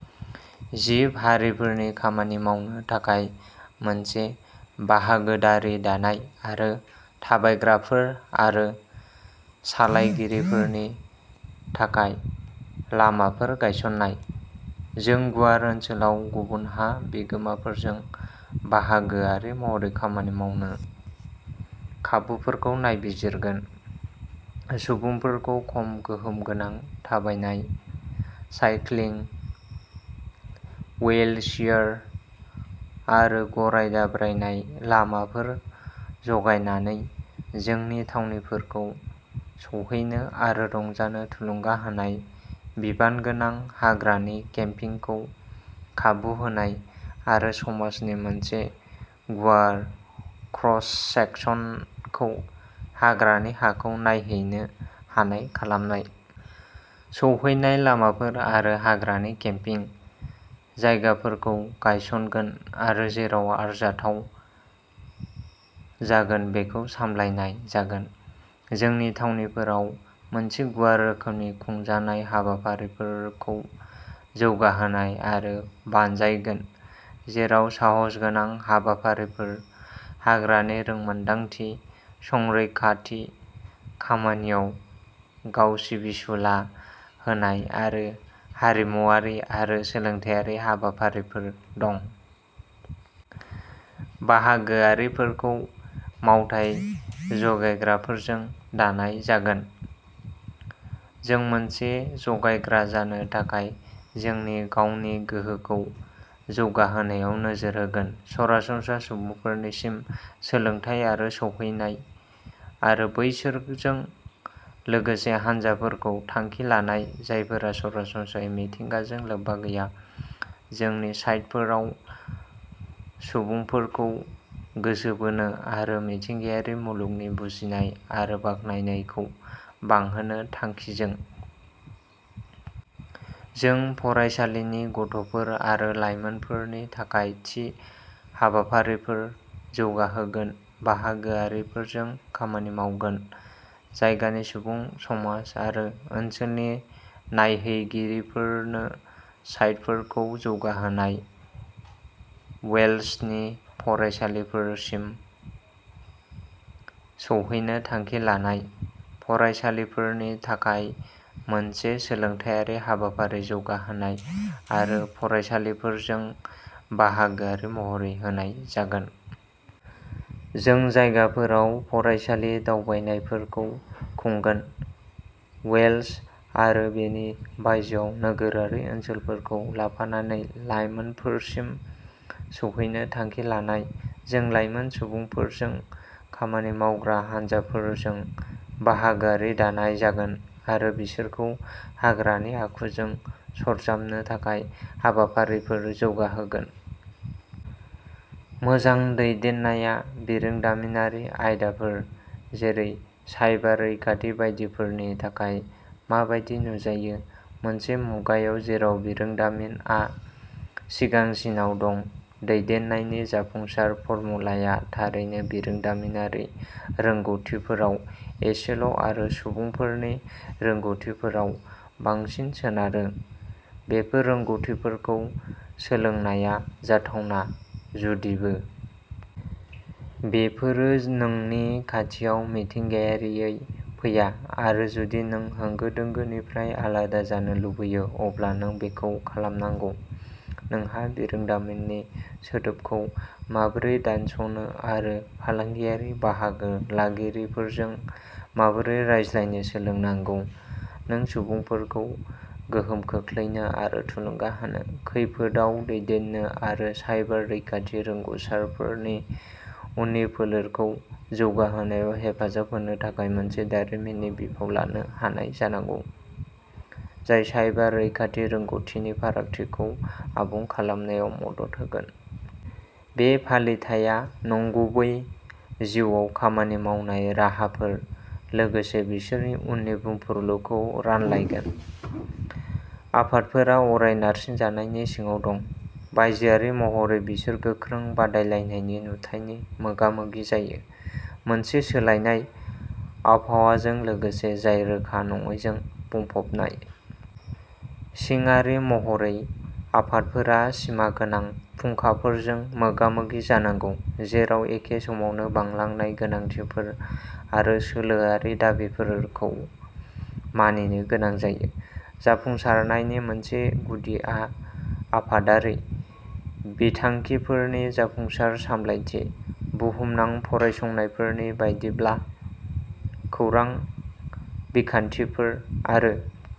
जिब-हारिफोरनि खामानि मावनो थाखाय मोनसे बाहागोदारि दानाय, आरो थाबायग्राफोर आरो सालायगिरिफोरनि थाखाय लामाफोर गायसन्नाय। जों गुवार ओनसोलाव गुबुन हा बिगोमाफोरजों बाहागोआरि महरै खामानि मावनो खाबुफोरखौ नायबिजिरगोन। सुबुंफोरखौ खम गोहोम गोनां थाबायनाय, साइक्लिं, हुइलचेयार आरो गराय दाब्रायनाय लामाफोर जगायनानै जोंनि थावनिफोरखौ सौहैनो आरो रंजानो थुलुंगा होनाय, बिबानगोनां हाग्रानि केम्पिंखौ खाबु होनाय आरो समाजनि मोनसे गुवार क्रस-सेकसनखौ हाग्रानि हाखौ नायहैनो हानाय खालामनाय। सौहैनाय लामाफोर आरो हाग्रानि केम्पिं जायगाफोरखौ गायसनगोन आरो जेराव आरजाथाव जागोन बेखौ सामलायनाय जागोन। जोंनि थावनिफोराव मोनसे गुवार रोखोमनि खुंजानाय हाबाफारिफोरखौ जौगाहोनाय आरो बानजायगोन, जेराव साहसगोनां हाबाफारिफोर, हाग्रानि रोंमोनदांथि, संरैखाथि खामानियाव गाव सिबिसुला होनाय, आरो हारिमुआरि आरो सोलोंथायारि हाबाफारिफोर दं। बाहागोआरिफोरखौ मावथाय जगायग्राफोरजों दानाय जागोन। जों मोनसे जगायग्रा जानो थाखाय जोंनि गावनि गोहोखौ जौगाहोनायाव नोजोर होगोन। सरासनस्रा सुबुंफोरनिसिम सोलोंथाय आरो सौहैनाय आरो बैसोरजों लोगोसे हानजाफोरखौ थांखि लानाय, जायफोरा सरासनस्रायै मिथिंगाजों लोब्बा गैया, जोंनि साइटफोराव सुबुंफोरखौ गोसो बोनो आरो मिथिंगायारि मुलुगनि बुजिनाय आरो बाख्नायनायखौ बांहोनो थांखिजों। जों फरायसालिनि गथ'फोर आरो लाइमोनफोरनि थाखाय थि हाबाफारिफोर जौगाहोगोन, बाहागोआरिफोरजों खामानि मावगोन। जायगानि सुबुं समाज आरो ओनसोलनि नायहैगिरिफोरनो साइटफोरखौ जौगाहोनाय। वेल्सनि फरायसालिफोरसिम सौहैनो थांखि लानाय। फरायसालिफोरनि थाखाय मोनसे सोलोंथायारि हाबाफारि जौगाहोनाय आरो फरायसालिफोरजों बाहागोआरि महरै होनाय जागोन। जों जायगाफोराव फरायसालि दावबायनायफोरखौ खुंगोन। वेल्स आरो बेनि बायजोआव नोगोरारि ओनसोलफोरखौ लाफानानै लाइमोनफोरसिम सौहैनो थांखि लानाय। जों लाइमोन सुबुंफोरजों खामानि मावग्रा हानजाफोरजों बाहागोआरि दानाय जागोन, आरो बिसोरखौ हाग्रानि आखुजों सरजाबनो थाखाय हाबाफारिफोर जौगाहोगोन। मोजां दैदेननाया बिरोंदामिनारि आयदाफोर, जेरै साइबार रैखाथि बायदिफोरनि थाखाय मा बायदि नुजायो? मोनसे मुगायाव जेराव बिरोंदामिनआ सिगांसिनाव दं, दैदेननायनि जाफुंसार फर्मुलाया थारैनो बिरोंदामिनारि रोंग'थिफोराव एसेल'आरो सुबुंफोरनि रोंग'थिफोराव बांसिन सोनारो। बेफोर रोंग'थिफोरखौ सोलोंनाया जाथावना, जुदिबो। बेफोरो नोंनि खाथियाव मिथिंगायारियै फैया, आरो जुदि नों होंगो-दोंगोनिफ्राय आलादा जानो लुबैयो, अब्ला नों बेखौ खालामनांगौ। नोंहा बिरोंदामिननि सोदोबखौ माबोरै दानस'नो आरो फालांगियारि बाहागो लागिरिफोरजों माबोरै रायज्लायनो सोलोंनांगौ। नों सुबुंफोरखौ गोहोम खोख्लैनो आरो थुलुंगा होनो, खैफोदआव दैदेननो आरो साइबार रैखाथि रोंग'सारफोरनि उननि फोलेरखौ जौगाहोनायाव हेफाजाब होनो थाखाय मोनसे दारिमिननि बिफाव लानो हानाय जानांगौ, जाय साइबार रैखाथि रोंग'थिनि फारागथिखौ आबुं खालामनायाव मदद होगोन। बे फालिथाइया नंगुबै जिउआव खामानि मावनाय राहाफोर, लोगोसे बिसोरनि उननि बुंफुरलुखौ रानलायगोन। आफादफोरा अराय नारसिनजानायनि सिङाव दं। बायजोआरि महरै, बिसोर गोख्रों बादायलायनायनि नुथायनि मोगा-मोगि जायो, मोनसे सोलायनाय आबहावाजों लोगोसे जाय रोखा नङैजों बुंफबनाय। सिंआरि महरै, आफादफोरा सिमागोनां फुंखाफोरजों मोगा-मोगि जानांगौ, जेराव एखे समावनो बांलांनाय गोनांथिफोर आरो सोलोआरि दाबिफोरखौ मानिनो गोनां जायो। जाफुंसारनायनि मोनसे गुदिआ आफादारि बिथांखिफोरनि जाफुंसार सामलायथि। बुहुमनां फरायसंनायफोरनि बायदिब्ला, खौरां बिखान्थिफोर आरो